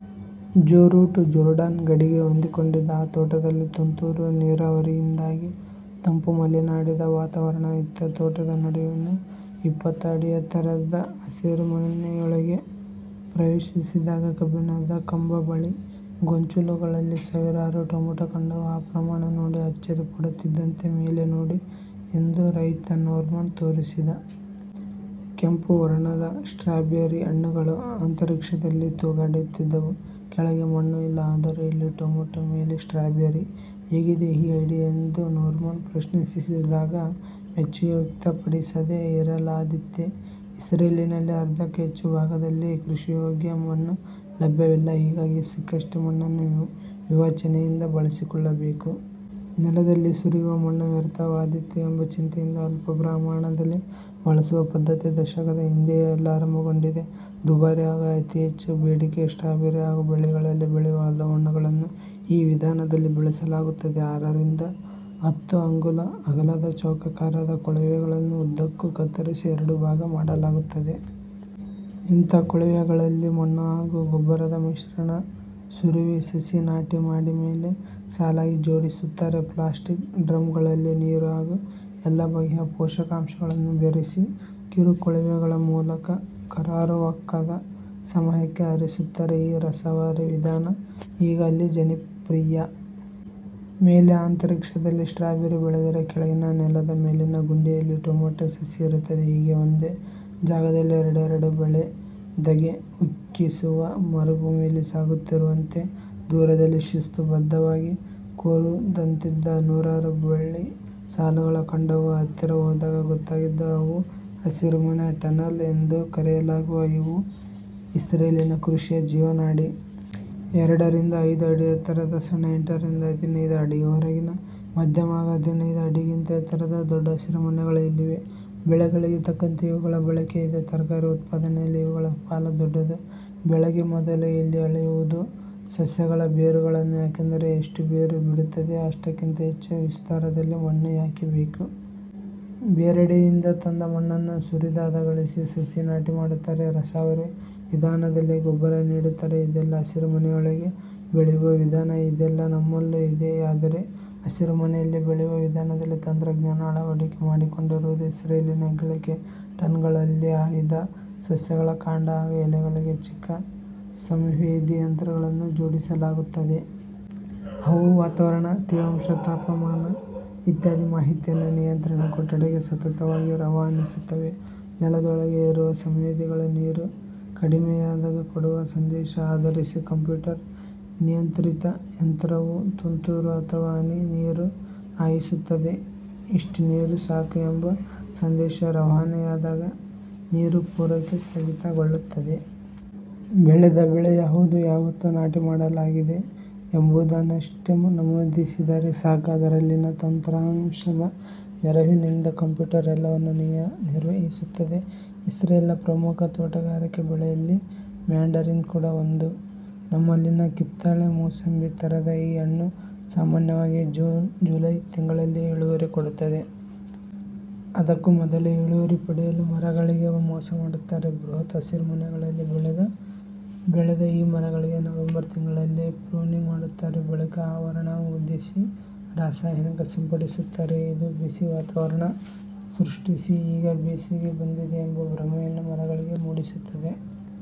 ಜೋ Root Jordan ಗಡಿಗೆ ಹೊಂದಿಕೊಂಡಿದ್ದ ಆ ತೋಟದಲ್ಲಿ ತುಂತುರು ನೀರಾವರಿಯಿಂದಾಗಿ ತಂಪು ಮಲೆನಾಡಿದ ವಾತಾವರಣವಿತ್ತು. ತೋಟದ ನಡುವಿನ ಇಪ್ಪತ್ತು ಅಡಿ ಎತ್ತರದ ಹಸಿರು ಮನೆಯೊಳಗೆ ಪ್ರವೇಶಿಸಿದಾಗ ಕಬ್ಬಿಣದ ಕಂಬ, ಬಳ್ಳಿ, ಗೊಂಚಲುಗಳಲ್ಲಿ ಸಾವಿರಾರು ಟೊಮೆಟೊ ಕಂಡವು. ಆ ಪ್ರಮಾಣ ನೋಡಿ ಅಚ್ಚರಿ ಪಡುತ್ತಿದ್ದಂತೆ ಮೇಲೆ ನೋಡಿ ಎಂದು ರೈತ ನೋರ್ಮನ್ ತೋರಿಸಿದ. ಕೆಂಪು ವರ್ಣದ ಸ್ಟ್ರಾಬೆರಿ ಹಣ್ಣುಗಳು ಅಂತರಿಕ್ಷದಲ್ಲಿ ತೂಗಾಡುತ್ತಿದ್ದವು. ಕೆಳಗೆ ಮಣ್ಣು ಇಲ್ಲ. ಆದರೂ ಇಲ್ಲಿ ಟೊಮೆಟೊ, ಮೇಲೆ ಸ್ಟ್ರಾಬೆರಿ. ಹೇಗಿದೆ ಈ ಐಡಿಯಾ? ಎಂದು ನೋರ್ಮನ್ ಪ್ರಶ್ನಿಸಿದಾಗ, ಮೆಚ್ಚುಗೆ ವ್ಯಕ್ತಪಡಿಸದೇ ಇರಲಾದೀತೆ? ಇಸ್ರೇಲಿನಲ್ಲಿ ಅರ್ಧಕ್ಕೂ ಹೆಚ್ಚು ಭಾಗದಲ್ಲಿ ಕೃಷಿಯೋಗ್ಯ ಮಣ್ಣು ಲಭ್ಯವಿಲ್ಲ. ಹೀಗಾಗಿ ಸಿಕ್ಕಷ್ಟೇ ಮಣ್ಣನ್ನು ವಿವೇಚನೆಯಿಂದ ಬಳಸಿಕೊಳ್ಳಬೇಕು. ನೆಲದಲ್ಲಿ ಸುರಿಯುವ ಮಣ್ಣು ವ್ಯರ್ಥವಾದೀತು ಎಂಬ ಚಿಂತೆಯಿಂದ ಅಲ್ಪ ಪ್ರಮಾಣದಲ್ಲಿ ಬಳಸುವ ಪದ್ಧತಿ ದಶಕದ ಹಿಂದೆಯೇ ಅಲ್ಲಿ ಆರಂಭಗೊಂಡಿದೆ. ದುಬಾರಿ ಹಾಗೂ ಅತಿ ಹೆಚ್ಚು ಬೇಡಿಕೆಯ ಸ್ಟ್ರಾಬೆರಿ ಹಾಗೂ ಬಳ್ಳಿಗಳಲ್ಲಿ ಬೆಳೆಯುವ ಹಲವು ಹಣ್ಣುಗಳನ್ನು ಈ ವಿಧಾನದಲ್ಲಿ ಬೆಳೆಸಲಾಗುತ್ತದೆ. ಆರರಿಂದ ಹತ್ತು ಅಂಗುಲ ಅಗಲದ ಚೌಕಾಕಾರದ ಕೊಳವೆಗಳನ್ನು ಉದ್ದಕ್ಕೂ ಕತ್ತರಿಸಿ, ಎರಡು ಭಾಗ ಮಾಡಲಾಗುತ್ತದೆ. ಇಂಥ ಕೊಳವೆಗಳಲ್ಲಿ ಮಣ್ಣು ಹಾಗೂ ಗೊಬ್ಬರದ ಮಿಶ್ರಣ ಸುರುವಿ, ಸಸಿ ನಾಟಿ ಮಾಡಿ ಮೇಲೆ ಸಾಲಾಗಿ ಜೋಡಿಸುತ್ತಾರೆ. ಪ್ಲಾಸ್ಟಿಕ್ ಡ್ರಮ್ಗಳಲ್ಲಿ ನೀರು ಹಾಗೂ ಎಲ್ಲ ಬಗೆಯ ಪೋಷಕಾಂಶಗಳನ್ನು ಬೆರೆಸಿ, ಕಿರು ಕೊಳವೆಗಳ ಮೂಲಕ ಕರಾರುವಾಕ್ಕಾದ ಸಮಯಕ್ಕೆ ಹರಿಸುತ್ತಾರೆ. ಈ ರಸಾವರಿ ವಿಧಾನ ಈಗ ಅಲ್ಲಿ ಜನಪ್ರಿಯ. ಮೇಲೆ ಅಂತರಿಕ್ಷದಲ್ಲಿ ಸ್ಟ್ರಾಬೆರಿ ಬೆಳೆದರೆ, ಕೆಳಗಿನ ನೆಲದ ಮೇಲಿನ ಗುಂಡಿಯಲ್ಲಿ ಟೊಮೆಟೊ ಸಸಿ ಇರುತ್ತದೆ. ಹೀಗೆ ಒಂದೇ ಜಾಗದಲ್ಲಿ ಎರಡೆರಡು ಬೆಳೆ. ಧಗೆಯುಕ್ಕಿಸುವ ಮರುಭೂಮಿಯಲ್ಲಿ ಸಾಗುತ್ತಿರುವಂತೆ ದೂರದಲ್ಲಿ ಶಿಸ್ತುಬದ್ಧವಾಗಿ ಕೊರೆದಂತಿದ್ದ ನೂರಾರು ಬಿಳಿ ಸಾಲುಗಳು ಕಂಡವು. ಹತ್ತಿರ ಹೋದಾಗ ಗೊತ್ತಾಗಿದ್ದು ಅವು ಹಸಿರುಮನೆ. ಟನಲ್ ಎಂದೇ ಕರೆಯಲಾಗುವ ಇವು ಇಸ್ರೇಲಿನ ಕೃಷಿಯ ಜೀವನಾಡಿ. ಎರಡರಿಂದ ಐದು ಅಡಿ ಎತ್ತರದ ಸಣ್ಣ, ಎಂಟರಿಂದ ಹದಿನೈದು ಅಡಿವರೆಗಿನ ಮಧ್ಯಮ ಹಾಗೂ ಹದಿನೈದು ಅಡಿಗಿಂತ ಎತ್ತರದ ದೊಡ್ಡ ಹಸಿರುಮನೆಗಳು ಇಲ್ಲಿವೆ. ಬೆಳೆಗಳಿಗೆ ತಕ್ಕಂತೆ ಇವುಗಳ ಬಳಕೆಯಿದೆ. ತರಕಾರಿ ಉತ್ಪಾದನೆಯಲ್ಲಿ ಇವುಗಳ ಪಾಲು ದೊಡ್ಡದು. ಬೆಳೆಗೆ ಮೊದಲು ಇಲ್ಲಿ ಅಳೆಯುವುದು ಸಸ್ಯಗಳ ಬೇರುಗಳನ್ನು. ಯಾಕೆಂದರೆ ಎಷ್ಟು ಬೇರು ಬಿಡುತ್ತದೋ ಅಷ್ಟಕ್ಕಿಂತ ಹೆಚ್ಚು ವಿಸ್ತಾರದಲ್ಲಿ ಮಣ್ಣು ಯಾಕೆ ಬೇಕು? ಬೇರೆಡೆಯಿಂದ ತಂದ ಮಣ್ಣನ್ನು ಸುರಿದು ಹದಗೊಳಿಸಿ, ಸಸಿ ನಾಟಿ ಮಾಡುತ್ತಾರೆ. ರಸಾವರಿ ವಿಧಾನದಲ್ಲಿ ಗೊಬ್ಬರ ನೀಡುತ್ತಾರೆ. ಇದೆಲ್ಲ ಹಸಿರುಮನೆಯೊಳಗೆ ಬೆಳೆಯುವ ವಿಧಾನ. ಇದೆಲ್ಲ ನಮ್ಮಲ್ಲೂ ಇದೆ. ಆದರೆ ಹಸಿರುಮನೆಯಲ್ಲಿ ಬೆಳೆಯುವ ವಿಧಾನದಲ್ಲಿ ತಂತ್ರಜ್ಞಾನ ಅಳವಡಿಕೆ ಮಾಡಿಕೊಂಡಿರುವುದು ಇಸ್ರೇಲಿನ ಹೆಗ್ಗಳಿಕೆ. ಟನಲ್ಗಳಲ್ಲಿ ಆಯ್ದ ಸಸ್ಯಗಳ ಕಾಂಡ ಹಾಗೂ ಎಲೆಗಳಿಗೆ ಚಿಕ್ಕ ಚಿಕ್ಕ ಸಂವೇದಿ ಯಂತ್ರಗಳನ್ನು ಜೋಡಿಸಲಾಗುತ್ತದೆ. ಅವು ವಾತಾವರಣ, ತೇವಾಂಶ, ತಾಪಮಾನ ಇತ್ಯಾದಿ ಮಾಹಿತಿಯನ್ನು ನಿಯಂತ್ರಣ ಕೊಠಡಿಗೆ ಸತತವಾಗಿ ರವಾನಿಸುತ್ತವೆ. ನೆಲದೊಳಗೇ ಇರುವ ಸಂವೇದಿಗಳು ನೀರು ಕಡಿಮೆಯಾದಾಗ ಕೊಡುವ ಸಂದೇಶ ಆಧರಿಸಿ ಕಂಪ್ಯೂಟರ್ ನಿಯಂತ್ರಿತ ಯಂತ್ರವು ತುಂತುರು ಅಥವಾ ಹನಿ ನೀರು ಹಾಯಿಸುತ್ತದೆ. ಇಷ್ಟು ನೀರು ಸಾಕು ಎಂಬ ಸಂದೇಶ ರವಾನೆಯಾದಾಗ ನೀರು ಪೂರೈಕೆ ಸ್ಥಗಿತಗೊಳ್ಳುತ್ತದೆ. ಬೆಳೆದ ಬೆಳೆ ಯಾವುದು? ಯಾವತ್ತು ನಾಟಿ ಮಾಡಲಾಗಿದೆ ಎಂಬುದನ್ನಷ್ಟೇ ನಮೂದಿಸಿದರೆ ಸಾಕು, ಅದರಲ್ಲಿನ ತಂತ್ರಾಂಶದ ನೆರವಿನಿಂದ ಕಂಪ್ಯೂಟರ್ ಎಲ್ಲವನ್ನು ನಿರ್ವಹಿಸುತ್ತದೆ. ಇಸ್ರೇಲ್ನ ಪ್ರಮುಖ ತೋಟಗಾರಿಕೆ ಬೆಳೆಯಲ್ಲಿ ಮ್ಯಾಂಡರಿನ್ ಕೂಡ ಒಂದು. ನಮ್ಮಲ್ಲಿನ ಕಿತ್ತಳೆ, ಮೂಸಂಬಿ ಥರದ ಈ ಹಣ್ಣು ಸಾಮಾನ್ಯವಾಗಿ ಜೂನ್ ಜುಲೈ ತಿಂಗಳಲ್ಲಿ ಇಳುವರಿ ಕೊಡುತ್ತದೆ. ಅದಕ್ಕೂ ಮೊದಲೇ ಇಳುವರಿ ಪಡೆಯಲು ಮರಗಳಿಗೇ ಮೋಸ ಮಾಡುತ್ತಾರೆ. ಬೃಹತ್ ಹಸಿರುಮನೆಗಳಲ್ಲಿ ಬೆಳೆದ ಈ ಮರಗಳಿಗೆ ನವೆಂಬರ್ ತಿಂಗಳಲ್ಲಿ ಪ್ರೂನಿಂಗ್ ಮಾಡುತ್ತಾರೆ. ಬಳಿಕ ಆವರಣ ಹೊದೆಸಿ, ರಾಸಾಯನಿಕ ಸಿಂಪಡಿಸುತ್ತಾರೆ. ಇದು ಬಿಸಿ ವಾತಾವರಣ ಸೃಷ್ಟಿಸಿ ಈಗ ಬೇಸಿಗೆ ಬಂದಿದೆ ಎಂಬ ಭ್ರಮೆಯನ್ನು ಮರಗಳಿಗೆ ಮೂಡಿಸುತ್ತದೆ.